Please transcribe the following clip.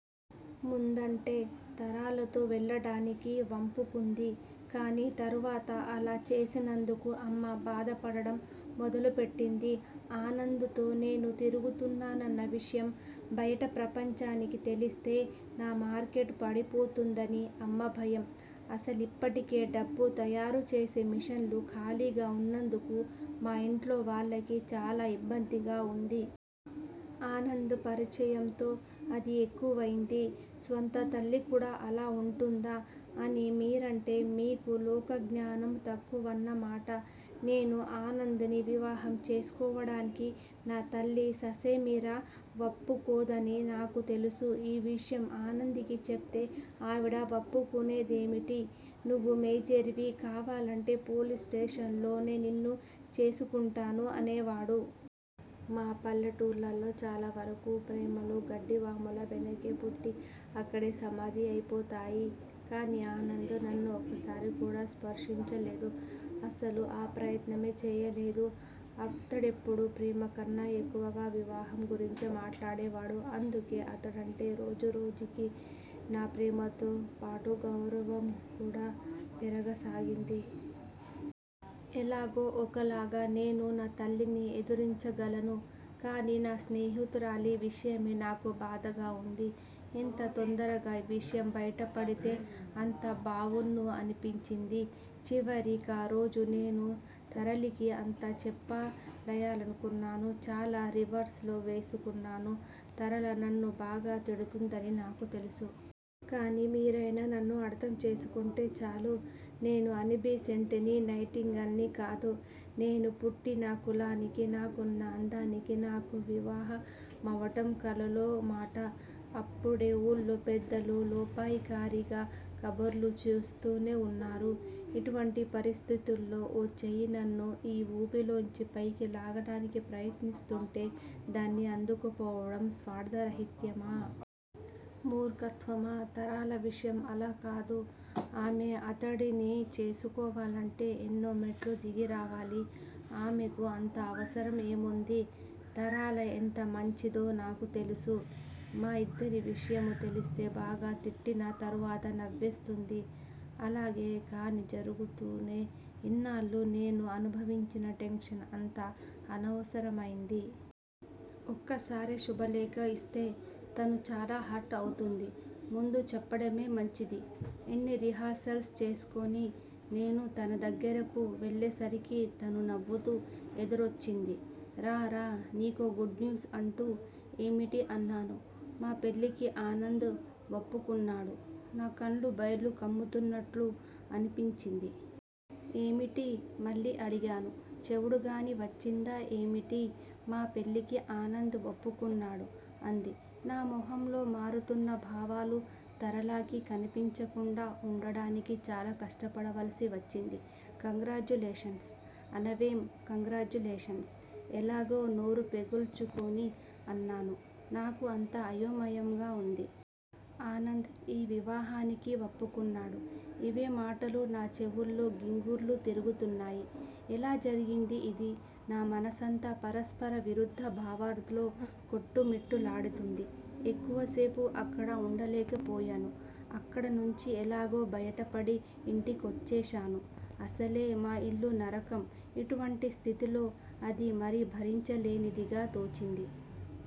ముందంటే తరళతో వెళ్ళటానికి వప్పుకుంది కానీ, తరువాత అలా చేసినందుకు అమ్మ బాధపడటం మొదలు పెట్టింది. ఆనంద్ తో నేను తిరుగుతున్నానన్న విషయం బయట ప్రపంచానికి తెలిస్తే నా మార్కెట్ పడిపోతుందని అమ్మ భయం అసలిప్పటికే, డబ్బు తయారు చేసే మిషను ఖాళీగా వున్నందుకు మా ఇంట్లో వాళ్ళకి చాలా ఇబ్బందిగా వుంది. ఆనంద్ పరిచయంతో అది ఎక్కువైంది. స్వంత తల్లికూడా అలా వుంటుందా అని మీరంటే మీకు లోకజ్ఞానం తక్కువన్నమాట. నేను ఆనంద్ ని వివాహం చేసుకోవటానికి నా తల్లి ససేమిరా వప్పుకోదని నాకు తెలుసు. ఈ విషయం ఆనంద్ కి చెప్తే ఆవిడ వప్పుకొనేదేమిటి? నువ్వు మేజర్ వి కావాలంటే పోలీస్ స్టేషన్ లోనే నిన్ను చేసుకుంటాను అనేవాడు. మా పల్లెటూళ్ళల్లో చాలావరకు ప్రేమలు గడ్డివాముల వెనకే పుట్టి, అక్కడే సమాధి అయిపోతాయి. కానీ ఆనంద్ నన్ను ఒక్కసారి కూడా స్పృశించలేదు. అసలు ఆ ప్రయత్నమే చేయలేదు. అతడెప్పుడూ ప్రేమకన్నా ఎక్కువగా వివాహం గురించే మాట్లాడేవాడు. అందుకే అతడంటే రోజురోజుకీ నాకు ప్రేమతోపాటు గౌరవం కూడా పెరగసాగింది. ఎలాగో ఒకలాగా నేను నా తల్లిని ఎదురించగలను. కానీ నా స్నేహితురాలి విషయమే నాకు బాధగా వుంది. ఎంత తొందరగా ఈ విషయం బయటపడితే అంత బావుణ్ణు అనిపించింది. చివరి కారోజు నేను తరళకి అంతా చెప్పెయ్యాలనుకున్నాను. చాలా రిహార్సల్స్ వేసుకున్నాను. తరళ నన్ను బాగా తిడుతుందని నాకు తెలుసు. కానీ మీరైనా నన్ను అర్ధం చేసుకుంటే చాలు. నేను అనిబిసెంటునీ, నైటింగే ల్ నీ కాదు. నేను పుట్టిన కులానికీ, నాకున్న అందానికీ నాకు వివాహమవటం కలలో మాట. అప్పుడే వూళ్ళో పెద్దలు 'లోపాయికారీ'గా కబుర్లు చేస్తూనే వున్నారు. ఇటువంటి పరిస్థితిలో ఒక చెయ్యి నన్ను ఈ వూబిలోంచి పైకి లాగటానికి ప్రయత్నిస్తూంటే, దాన్ని అందుకోకపోవటం స్వార్ధరాహిత్యమా? మూర్ఖత్వమా? తరళ విషయం అలాకాదు. ఆమె అతడిని చేసుకోవాలంటే ఎన్నో మెట్లు దిగి రావాలి. ఆమెకు అంత అవసరం ఏముంది? తరళ ఎంత మంచిదో నాకు తెలుసు. మా ఇద్దరి విషయమూ తెలిస్తే బాగా తిట్టినా, తరువాత నవ్వేస్తుంది. అలాగే గానీ జరుగుతే, ఇన్నాళ్ళూ నేను అనుభవించిన టెన్షన్ అంతా అనవసరమైంది. ఒక్కసారే శుభలేఖ ఇస్తే తను చాలా హర్ట్ అవుతుంది. ముందు చెప్పటమే మంచిది. ఇన్ని రిహార్సల్స్ చేసుకుని నేను తన దగ్గిరకు వెళ్ళేసరికి తను నవ్వుతూ ఎదురొచ్చింది. రా రా నీకో గుడ్ న్యూస్ అంటూ. ఏమిటి? అన్నాను. మా పెళ్ళికి ఆనంద్ వప్పుకున్నాడు. నా కళ్ళు బైర్లు కమ్ముతున్నట్టు అనిపించింది. ఏమిటీ? మళ్ళీ అడిగాను. చెవుడుగానీ వచ్చిందా ఏమిటి? మా పెళ్ళికి ఆనంద్ వప్పుకున్నాడు- అంది. నా మొహంలో మారుతున్న భావాలు తరళ కి కనిపించకుండా ఉండటానికి చాలా కష్టపడవలసి వచ్చింది. కంగ్రాచ్యులేషన్స్ అనవేం? కంగ్రాచ్యులేషన్స్. ఎలాగో నోరు పెగల్చుకుని అన్నాను. నాకు అంతా అయోమయంగా వుంది. 'ఆనంద్ యీ వివాహానికి వప్పుకున్నాడు'. ఇవే మాటలు నా చెవుల్లో గింగిర్లు తిరుగుతున్నాయి. ఎలా జరిగింది ఇది? నా మనసంతా పరస్పర విరుద్ద భావాల్తో కొట్టుమిట్టులాడింది. ఎక్కువసేపు అక్కడ వుండలేకపోయాను! అక్కడనుంచి ఎలాగో బయటపడి ఇంటికొచ్చేశాను. అసలే మా ఇల్లు నరకం ఇటువంటి స్థితిలో అది మరీ భరించలేనిదిగా తోచింది.